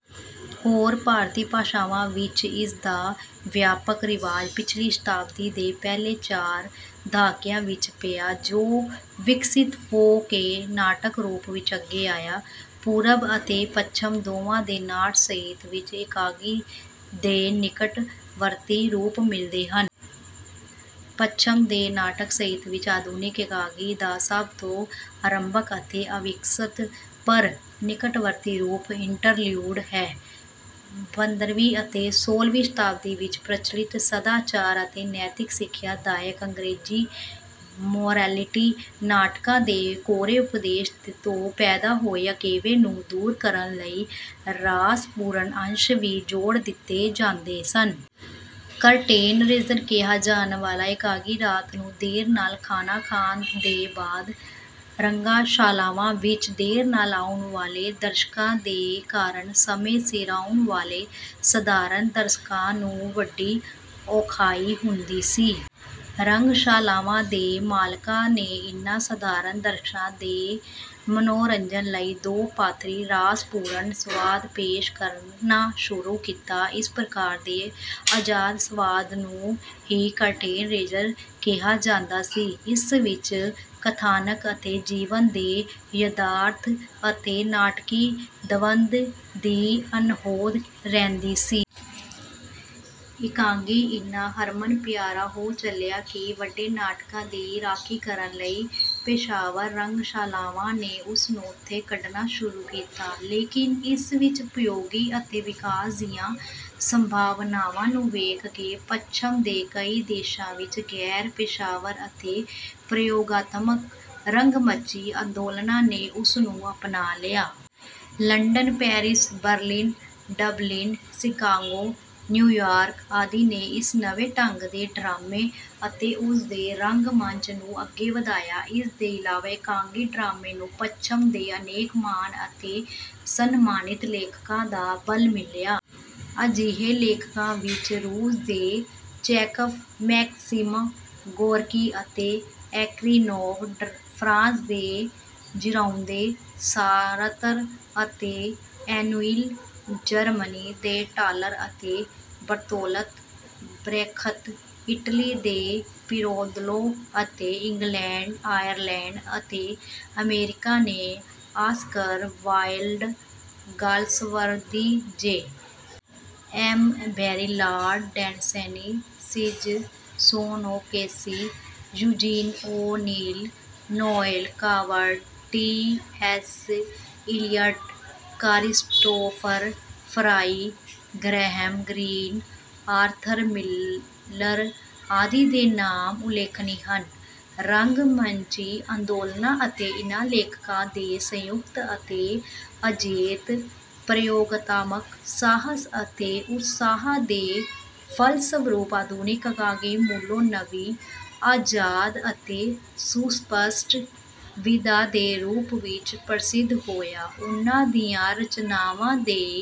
ਹੋਰ ਭਾਰਤੀ ਭਾਸ਼ਾਵਾਂ ਵਿੱਚ ਇਸ ਦਾ ਵਿਆਪਕ ਰਿਵਾਜ ਪਿਛਲੀ ਸ਼ਤਾਬਦੀ ਦੇ ਪਹਿਲੇ ਚਾਰ ਦਹਾਕਿਆਂ ਵਿੱਚ ਪਿਆ, ਜੋ ਵਿਕਸਿਤ ਹੋ ਕੇ ਨਾਟਕ ਰੂਪ ਵਿੱਚ ਅੱਗੇ ਆਇਆ। ਪੂਰਬ ਅਤੇ ਪੱਛਮ ਦੋਵਾਂ ਦੇ ਨਾਟ ਸਾਹਿਤ ਵਿੱਚ ਇਕਾਂਗੀ ਦੇ ਨਿਕਟਵਰਤੀ ਰੂਪ ਮਿਲਦੇ ਹਨ। ਪੱਛਮ ਦੇ ਨਾਟਕ ਸਾਹਿਤ ਵਿੱਚ ਆਧੁਨਿਕ ਇਕਾਂਗੀ ਦਾ ਸਭ ਤੋਂ ਅਰੰਭਕ ਅਤੇ ਅਵਿਕਸਤ ਪਰ ਨਿਕਟਵਰਤੀ ਰੂਪ ਇੰਟਰਲਿਊਡ ਹੈ। ਪੰਦਰਵੀਂ ਅਤੇ ਸੋਲ੍ਹਵੀਂ ਸ਼ਤਾਬਦੀ ਵਿੱਚ ਪ੍ਰਚਲਿਤ ਸਦਾਚਾਰ ਅਤੇ ਨੈਤਿਕ ਸਿੱਖਿਆ ਦਾਇਕ ਅੰਗਰੇਜ਼ੀ ਮੋਰੈਲਿਟੀ ਨਾਟਕਾਂ ਦੇ ਕੋਰੇ ਉਪਦੇਸ਼ ਤੋਂ ਪੈਦਾ ਹੋਏ ਅਕੇਵੇਂ ਨੂੰ ਦੂਰ ਕਰਨ ਲਈ ਹਾਸਪੂਰਨ ਅੰਸ਼ ਵੀ ਜੋੜ ਦਿੱਤੇ ਜਾਂਦੇ ਸਨ। ਕਰਟੇਨ ਰੇਜ਼ਰ ਕਿਹਾ ਜਾਣ ਵਾਲਾ ਇਕਾਂਗੀ ਰਾਤ ਨੂੰ ਦੇਰ ਨਾਲ ਖਾਣਾ ਖਾਣ ਦੇ ਬਾਅਦ ਰੰਗਸ਼ਾਲਾਵਾਂ ਵਿੱਚ ਦੇਰ ਨਾਲ ਆਉਣ ਵਾਲੇ ਦਰਸ਼ਕਾਂ ਦੇ ਕਾਰਨ ਸਮੇਂ ਸਿਰ ਆਉਣ ਵਾਲੇ ਸਧਾਰਨ ਦਰਸ਼ਕਾਂ ਨੂੰ ਵੱਡੀ ਔਖਿਆਈ ਹੁੰਦੀ ਸੀ। ਰੰਗਸ਼ਾਲਾਵਾਂ ਦੇ ਮਾਲਕਾਂ ਨੇ ਇਨ੍ਹਾਂ ਸਧਾਰਨ ਦਰਸ਼ਕਾਂ ਦੇ ਮਨੋਰੰਜਨ ਲਈ ਦੋ ਪਾਤਰੀ ਹਾਸਪੂਰਨ ਸੰਵਾਦ ਪੇਸ਼ ਕਰਨਾ ਸ਼ੁਰੂ ਕੀਤਾ। ਇਸ ਪ੍ਰਕਾਰ ਦੇ ਆਜ਼ਾਦ ਸੰਵਾਦ ਨੂੰ ਹੀ ਕਰਟੇਨ ਰੇਜ਼ਰ ਕਿਹਾ ਜਾਂਦਾ ਸੀ। ਇਸ ਵਿੱਚ ਕਥਾਨਕ ਅਤੇ ਜੀਵਨ ਦੇ ਯਥਾਰਥ ਅਤੇ ਨਾਟਕੀ ਦਵੰਦ ਦੀ ਅਣਹੋਂਦ ਰਹਿੰਦੀ ਸੀ। ਇਕਾਂਗੀ ਇੰਨਾ ਹਰਮਨ ਪਿਆਰਾ ਹੋ ਚਲਿਆ ਕਿ ਵੱਡੇ ਨਾਟਕਾਂ ਦੀ ਰਾਖੀ ਕਰਨ ਲਈ ਪੇਸ਼ਾਵਰ ਰੰਗਸ਼ਾਲਾਵਾਂ ਨੇ ਉਸ ਨੂੰ ਉੱਥੋਂ ਕੱਢਣਾ ਸ਼ੁਰੂ ਕੀਤਾ। ਲੇਕਿਨ ਇਸ ਵਿੱਚ ਉਪਯੋਗੀ ਅਤੇ ਵਿਕਾਸ ਦੀਆਂ ਸੰਭਾਵਨਾਵਾਂ ਨੂੰ ਵੇਖ ਕੇ ਪੱਛਮ ਦੇ ਕਈ ਦੇਸ਼ਾਂ ਵਿੱਚ ਗੈਰ ਪੇਸ਼ਾਵਰ ਅਤੇ ਪ੍ਰਯੋਗਾਤਮਕ ਰੰਗ ਮੰਚੀ ਅੰਦੋਲਨਾਂ ਨੇ ਉਸ ਨੂੰ ਅਪਣਾ ਲਿਆ। London, Paris, Berlin, Dublin, Chicago, New York ਆਦਿ ਨੇ ਇਸ ਨਵੇਂ ਢੰਗ ਦੇ ਡਰਾਮੇ ਅਤੇ ਉਸ ਦੇ ਰੰਗ ਮੰਚ ਨੂੰ ਅੱਗੇ ਵਧਾਇਆ। ਇਸ ਦੇ ਇਲਾਵਾ ਇਕਾਂਗੀ ਡਰਾਮੇ ਨੂੰ ਪੱਛਮ ਦੇ ਅਨੇਕ ਮਹਾਨ ਅਤੇ ਸਨਮਾਨਿਤ ਲੇਖਕਾਂ ਦਾ ਬਲ ਮਿਲਿਆ। ਅਜਿਹੇ ਲੇਖਕਾਂ ਵਿੱਚ ਰੂਸ ਦੇ ਚੈਖਵ, ਮੈਕਸਿਮ ਗੋਰਕੀ ਅਤੇ ਏਕਰੀਨੋਵ, ਫਰਾਂਸ ਦੇ ਜਿਰਾਉਦੋ, ਸਾਰਤਰ ਅਤੇ ਐਨੁਇਲ, ਜਰਮਨੀ ਦੇ ਟਾਲਰ ਅਤੇ ਬਰਤੋਲਤ ਬ੍ਰੈਖਤ, ਇਟਲੀ ਦੇ ਪਿਰੈਂਦੇਲੋ ਅਤੇ ਇੰਗਲੈਂਡ, ਆਇਰਲੈਂਡ ਅਤੇ ਅਮਰੀਕਾ ਦੇ Oscar Wilde, Galsworthy, J. M. Barrie, Lord Dunsany, Synge, Sean O'Casey, Eugene O'Neill, Noel Coward, T. S. Eliot, Christopher Fry, Graham Greene, Arthur Miller ਆਦਿ ਦੇ ਨਾਮ ਉਲੇਖਣੀ ਹਨ। ਰੰਗ ਮੰਚੀ ਅੰਦੋਲਨਾਂ ਅਤੇ ਇਨ੍ਹਾਂ ਲੇਖਕਾਂ ਦੇ ਸੰਯੁਕਤ ਅਤੇ ਅਜੇਤ ਪ੍ਰਯੋਗਾਤਮਕ ਸਾਹਸ ਅਤੇ ਉਤਸ਼ਾਹ ਦੇ ਫਲਸਰੂਪ ਆਧੁਨਿਕ ਇਕਾਂਗੀ ਮੂਲੋਂ ਨਵੀਂ, ਆਜ਼ਾਦ ਅਤੇ ਸੁਸਪਸ਼ਟ ਵਿਧਾ ਦੇ ਰੂਪ ਵਿੱਚ ਪ੍ਰਸਿੱਧ ਹੋਇਆ। ਉਨ੍ਹਾਂ ਦੀਆਂ ਰਚਨਾਵਾਂ ਦੇ